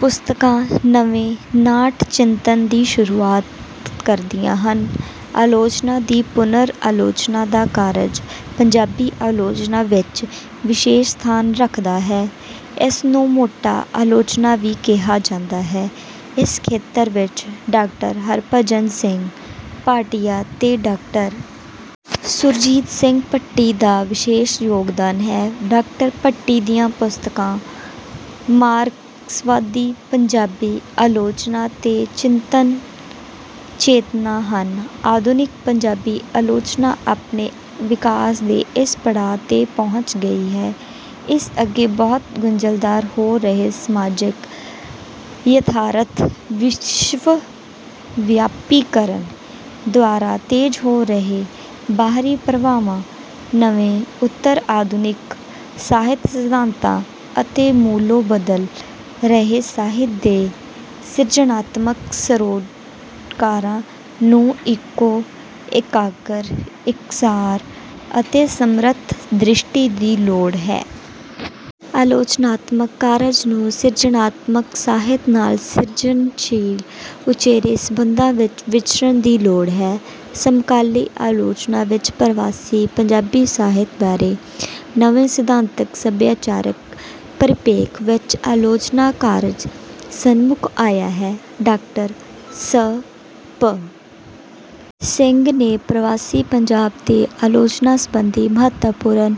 ਪੁਸਤਕਾਂ ਨਵੇਂ ਨਾਟ-ਚਿੰਤਨ ਦੀ ਸ਼ੁਰੂਆਤ ਕਰਦੀਆਂ ਹਨ। ਆਲੋਚਨਾ ਦੀ ਪੁਨਰ-ਆਲੋਚਨਾ ਦਾ ਕਾਰਜ ਪੰਜਾਬੀ ਆਲੋਚਨਾ ਵਿੱਚ ਵਿਸ਼ੇਸ਼ ਸਥਾਨ ਰੱਖਦਾ ਹੈ। ਇਸ ਨੂੰ ਮੈਟਾ-ਆਲੋਚਨਾ ਵੀ ਕਿਹਾ ਜਾਂਦਾ ਹੈ। ਇਸ ਖੇਤਰ ਵਿੱਚ ਡਾ. ਹਰਿਭਜਨ ਸਿੰਘ ਭਾਟੀਆ ਤੇ ਡਾ. ਸੁਰਜੀਤ ਸਿੰਘ ਭੱਟੀ ਦਾ ਵਿਸ਼ੇਸ਼ ਯੋਗਦਾਨ ਹੈ। ਡਾ. ਭੱਟੀ ਦੀਆਂ ਪੁਸਤਕਾਂ ‘ਮਾਰਕਸਵਾਦੀ ਪੰਜਾਬੀ ਆਲੋਚਨਾ’ ਤੇ ‘ਚਿੰਤਨ-ਚੇਤਨਾ’ ਹਨ। ਆਧੁਨਿਕ ਪੰਜਾਬੀ ਆਲੋਚਨਾ ਆਪਣੇ ਵਿਕਾਸ ਦੇ ਇਸ ਪੜਾਅ ’ਤੇ ਪਹੁੰਚ ਗਈ ਹੈ। ਇਸ ਅੱਗੇ ਬਹੁਤ ਗੁੰਝਲਦਾਰ ਹੋ ਰਹੇ ਸਮਾਜਕ ਯਥਾਰਥ, ਵਿਸ਼ਵਵਿਆਪੀਕਰਨ ਦੁਆਰਾ ਤੇਜ਼ ਹੋ ਰਹੇ ਬਾਹਰੀ ਪ੍ਰਭਾਵਾਂ, ਨਵੇਂ ਉੱਤਰ-ਆਧੁਨਿਕ ਸਾਹਿਤ-ਸਿਧਾਂਤਾਂ ਅਤੇ ਮੂਲੋਂ ਬਦਲ ਰਹੇ ਸਾਹਿਤ ਦੇ ਸਿਰਜਣਾਤਮਕ ਸਰੋਕਾਰਾਂ ਨੂੰ ਇੱਕੋ ਇਕਾਗਰ, ਇਕਸਾਰ ਅਤੇ ਸਮਰੱਥ ਦ੍ਰਿਸ਼ਟੀ ਦੀ ਲੋੜ ਹੈ। ਆਲੋਚਨਾਤਮਕ ਕਾਰਜ ਨੂੰ ਸਿਰਜਣਾਤਮਕ ਸਾਹਿਤ ਨਾਲ ਸਿਰਜਣਸ਼ੀਲ ਉਚੇਰੇ ਸੰਬੰਧਾਂ ਵਿੱਚ ਵਿਚਰਨ ਦੀ ਲੋੜ ਹੈ। ਸਮਕਾਲੀ ਆਲੋਚਨਾ ਵਿੱਚ ਪਰਵਾਸੀ ਪੰਜਾਬੀ ਸਾਹਿਤ ਬਾਰੇ ਨਵੇਂ ਸਿਧਾਂਤਕ-ਸਭਿਆਚਾਰਕ ਪਰਿਪੇਖ ਵਿੱਚ ਆਲੋਚਨਾ ਕਾਰਜ ਸਨਮੁਖ ਆਇਆ ਹੈ। ਡਾ. ਸ. ਪ. ਸਿੰਘ ਨੇ ਪਰਵਾਸੀ ਪੰਜਾਬ ਤੇ ਆਲੋਚਨਾ ਸੰਬੰਧੀ ਮਹੱਤਵਪੂਰਨ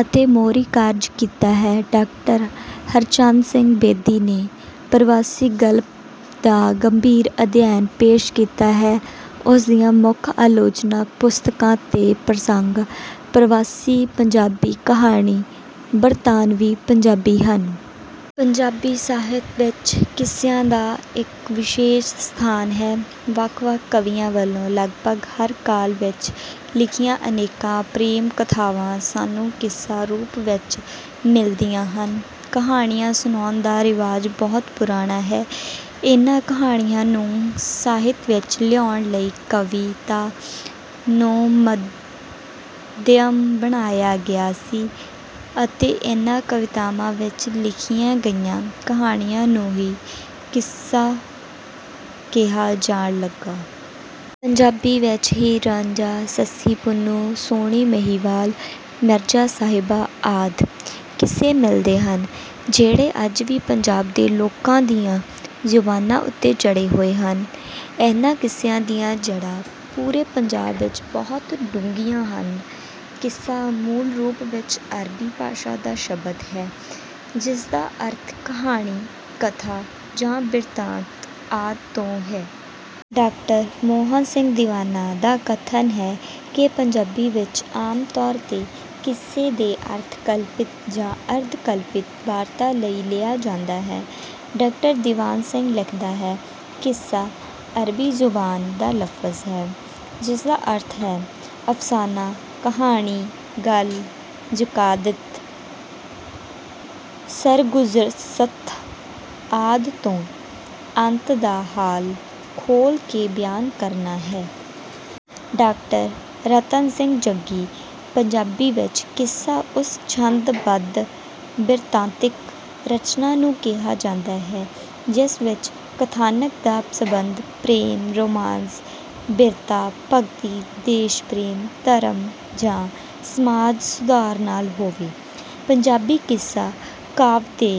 ਅਤੇ ਮੋਹਰੀ ਕਾਰਜ ਕੀਤਾ ਹੈ। ਡਾ. ਹਰਚੰਦ ਸਿੰਘ ਬੇਦੀ ਨੇ ਪਰਵਾਸੀ ਗਲਪ ਦਾ ਗੰਭੀਰ ਅਧਿਐਨ ਪੇਸ਼ ਕੀਤਾ ਹੈ। ਉਸ ਦੀਆਂ ਮੁੱਖ ਆਲੋਚਨਾ-ਪੁਸਤਕਾਂ ‘ਤੇ ਪ੍ਰਸੰਗ’, ‘ਪਰਵਾਸੀ ਪੰਜਾਬੀ ਕਹਾਣੀ’, ‘ਬਰਤਾਨਵੀ ਪੰਜਾਬੀ’ ਹਨ। ਪੰਜਾਬੀ ਸਾਹਿਤ ਵਿੱਚ ਕਿੱਸਿਆਂ ਦਾ ਇੱਕ ਵਿਸ਼ੇਸ਼ ਸਥਾਨ ਹੈ। ਵੱਖ-ਵੱਖ ਕਵੀਆਂ ਵੱਲੋਂ ਲਗਭਗ ਹਰ ਕਾਲ ਵਿੱਚ ਲਿਖੀਆਂ ਅਨੇਕਾਂ ਪ੍ਰੇਮ-ਕਥਾਵਾਂ ਸਾਨੂੰ ਕਿੱਸਾ ਰੂਪ ਵਿੱਚ ਮਿਲਦੀਆਂ ਹਨ। ਕਹਾਣੀਆਂ ਸੁਣਾਉਣ ਦਾ ਰਿਵਾਜ਼ ਬਹੁਤ ਪੁਰਾਣਾ ਹੈ। ਇਹਨਾਂ ਕਹਾਣੀਆਂ ਨੂੰ ਸਾਹਿਤ ਵਿੱਚ ਲਿਆਉਣ ਲਈ ਕਵਿਤਾ ਨੂੰ ਮਾਧਿਅਮ ਬਣਾਇਆ ਗਿਆ ਸੀ ਅਤੇ ਇਹਨਾਂ ਕਵਿਤਾਵਾਂ ਵਿੱਚ ਲਿਖੀਆਂ ਗਈਆਂ ਕਹਾਣੀਆਂ ਨੂੰ ਹੀ ਕਿੱਸਾ ਕਿਹਾ ਜਾਣ ਲੱਗਾ। ਪੰਜਾਬੀ ਵਿੱਚ ਹੀਰ-ਰਾਂਝਾ, ਸੱਸੀ-ਪੁੰਨੂੰ, ਸੋਹਣੀ-ਮਹੀਂਵਾਲ, ਮਿਰਜ਼ਾ-ਸਾਹਿਬਾਂ ਆਦਿ ਕਿੱਸੇ ਮਿਲਦੇ ਹਨ, ਜਿਹੜੇ ਅੱਜ ਵੀ ਪੰਜਾਬ ਦੇ ਲੋਕਾਂ ਦੀਆਂ ਜ਼ੁਬਾਨਾਂ ਉੱਤੇ ਚੜ੍ਹੇ ਹੋਏ ਹਨ। ਇਹਨਾਂ ਕਿੱਸਿਆਂ ਦੀਆਂ ਜੜ੍ਹਾਂ ਪੂਰੇ ਪੰਜਾਬ ਵਿੱਚ ਬਹੁਤ ਡੂੰਘੀਆਂ ਹਨ। ਕਿੱਸਾ ਮੂਲ ਰੂਪ ਵਿੱਚ ਅਰਬੀ ਭਾਸ਼ਾ ਦਾ ਸ਼ਬਦ ਹੈ, ਜਿਸ ਦਾ ਅਰਥ ਕਹਾਣੀ, ਕਥਾ ਜਾਂ ਬਿਰਤਾਂਤ ਆਦਿ ਤੋਂ ਹੈ। ਡਾ. ਮੋਹਨ ਸਿੰਘ ਦੀਵਾਨਾ ਦਾ ਕਥਨ ਹੈ ਕਿ ਪੰਜਾਬੀ ਵਿੱਚ ਆਮ ਤੌਰ ’ਤੇ ਕਿੱਸੇ ਦੇ ਅਰਥ ਕਲਪਿਤ ਜਾਂ ਅਰਧ-ਕਲਪਿਤ ਵਾਰਤਾ ਲਈ ਲਿਆ ਜਾਂਦਾ ਹੈ। ਡਾ. ਦੀਵਾਨ ਸਿੰਘ ਲਿਖਦਾ ਹੈ, “ਕਿੱਸਾ ਅਰਬੀ ਜ਼ੁਬਾਨ ਦਾ ਲਫ਼ਜ਼ ਹੈ, ਜਿਸ ਦਾ ਅਰਥ ਹੈ: ਅਫ਼ਸਾਨਾ, ਕਹਾਣੀ, ਗੱਲ, ਜ਼ਕਾਦਿਤ, ਸਰਗੁਜ਼ਸ਼ਤ ਆਦਿ ਤੋਂ ਅੰਤ ਦਾ ਹਾਲ ਖੋਲ੍ਹ ਕੇ ਬਿਆਨ ਕਰਨਾ ਹੈ।” ਡਾ. ਰਤਨ ਸਿੰਘ ਜੱਗੀ: “ਪੰਜਾਬੀ ਵਿੱਚ ਕਿੱਸਾ ਉਸ ਛੰਦ-ਬੱਧ ਬਿਰਤਾਂਤਿਕ ਰਚਨਾ ਨੂੰ ਕਿਹਾ ਜਾਂਦਾ ਹੈ, ਜਿਸ ਵਿੱਚ ਕਥਾਨਕ ਦਾ ਸਬੰਧ ਪ੍ਰੇਮ, ਰੋਮਾਂਸ, ਬੀਰਤਾ, ਭਗਤੀ, ਦੇਸ਼-ਪ੍ਰੇਮ, ਧਰਮ ਜਾਂ ਸਮਾਜ-ਸੁਧਾਰ ਨਾਲ ਹੋਵੇ।” ਪੰਜਾਬੀ ਕਿੱਸਾ-ਕਾਵਿ ਦੇ...